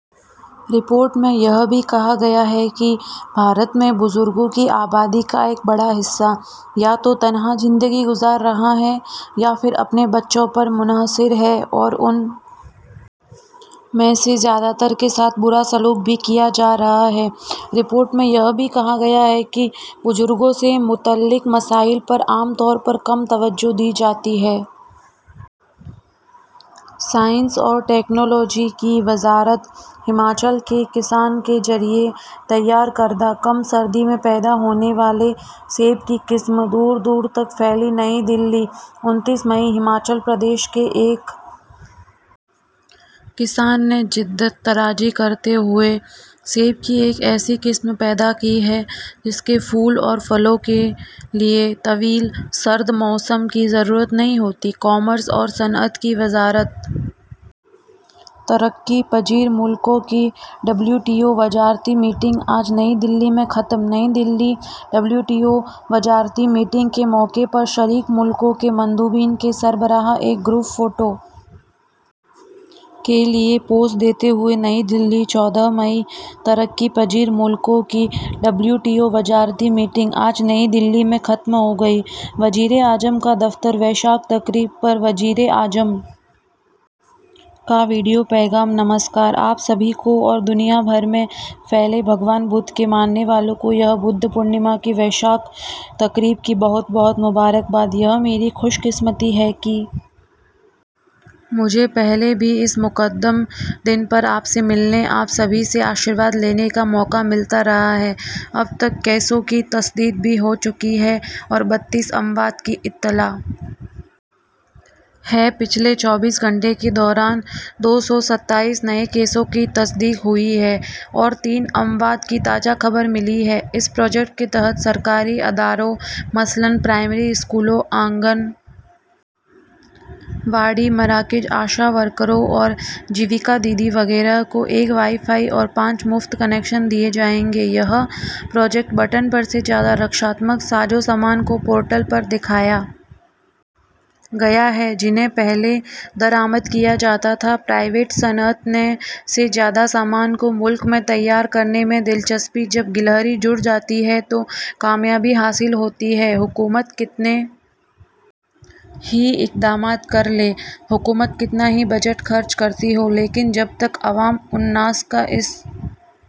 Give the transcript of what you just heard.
report میں یہ بھی کہا گیا ہے کہ بھارت میں بزرگوں کی آبادی کا ایک بڑا حصہ یا تو تنہا زندگی گزار رہا ہے یا پھر اپنے بچوں پر منحصر ہے اور ان میں سے بیشتر کے ساتھ برا سلوک بھی کیا جا رہا ہے رپورٹ میں یہ بھی کہا گیا ہے کہ بزرگوں سے متعلق مسائل پر عام طور پر کم توجہ دی جاتی ہے سائنس اور ٹیکنالوجی کی وزارت ہماچل کے کسان کے ذریعے تیار کردہ کم سردی میں پیدا ہونے والے سیب کی قسم دور دور تک پھیلی نئی دہلی انتیس مئی ہماچل پردیش کے ایک کسان نے جدت طرازی کرتے ہوئے سیب کی ایک ایسی قسم پیدا کی ہے جس کے پھول اور پھلوں کے لیے طویل سرد موسم کی ضرورت نہیں ہوتی کامرس اور صنعت کی وزارت ترقی پذیر ملکوں کی ڈبلیو ٹی او وزارتی میٹنگ آج نئی دہلی میں ختم New Delhi W T O وزارتی میٹنگ کے موقع پر شریک ملکوں کے مندوبین کے سربراہ ایک گروپ فوٹو کے لیے پوز دیتے ہوئے نئی دہلی چودہ مئی ترقی پذیر ملکوں کی ڈبلیو ٹی او وزارتی میٹنگ آج نئی دہلی میں ختم ہو گئی وزیراعظم کا دفتر ویشاکھ تقریب پر وزیر اعظم کا ویڈیو پیغام نمسکار آپ سبھی کو اور دنیا بھر میں پھیلے بھگوان بدھ کے ماننے والوں کو بدھ پورنیما کی ویشاکھ تقریب کی بہت بہت مبارکباد یہ میری خوش قسمتی ہے کہ مجھے پہلے بھی اس مقدس دن پر آپ سے ملنے آپ سبھی سے آشیرواد لینے کا موقع ملتا رہا ہے اب تک کیسوں کی تصدیق ہو چکی ہے اور بتیس اموات کی اطلاع ہے پچھلے چوبیس گھنٹے کے دوران دو سو ستائیس نئے کیسوں کی تصدیق ہوئی ہے اور تین اموات کی تازہ خبر ملی ہے اس پروجیکٹ کے تحت سرکاری اداروں مثلاً پرائمری اسکولوں آنگن واڑی مراکز آشا ورکروں اور جیویکا دیدی وغیرہ کو ایک وائی فائی اور پانچ مفت کنکشن دیے جائیں گے یہ پروجیکٹ بٹن پر سے زیادہ دفاعی ساز و سامان کو پورٹل پر دکھایا گیا ہے جنہیں پہلے درآمد کیا جاتا تھا پرائیویٹ صنعت نے سے زیادہ سامان کو ملک میں تیار کرنے میں دلچسپی جب گلہری جڑ جاتی ہے تو کامیابی حاصل ہوتی ہے حکومت کتنے ہی اقدامات کر لے حکومت کتنا ہی بجٹ خرچ کرتی ہو لیکن جب تک عوام الناس کا اس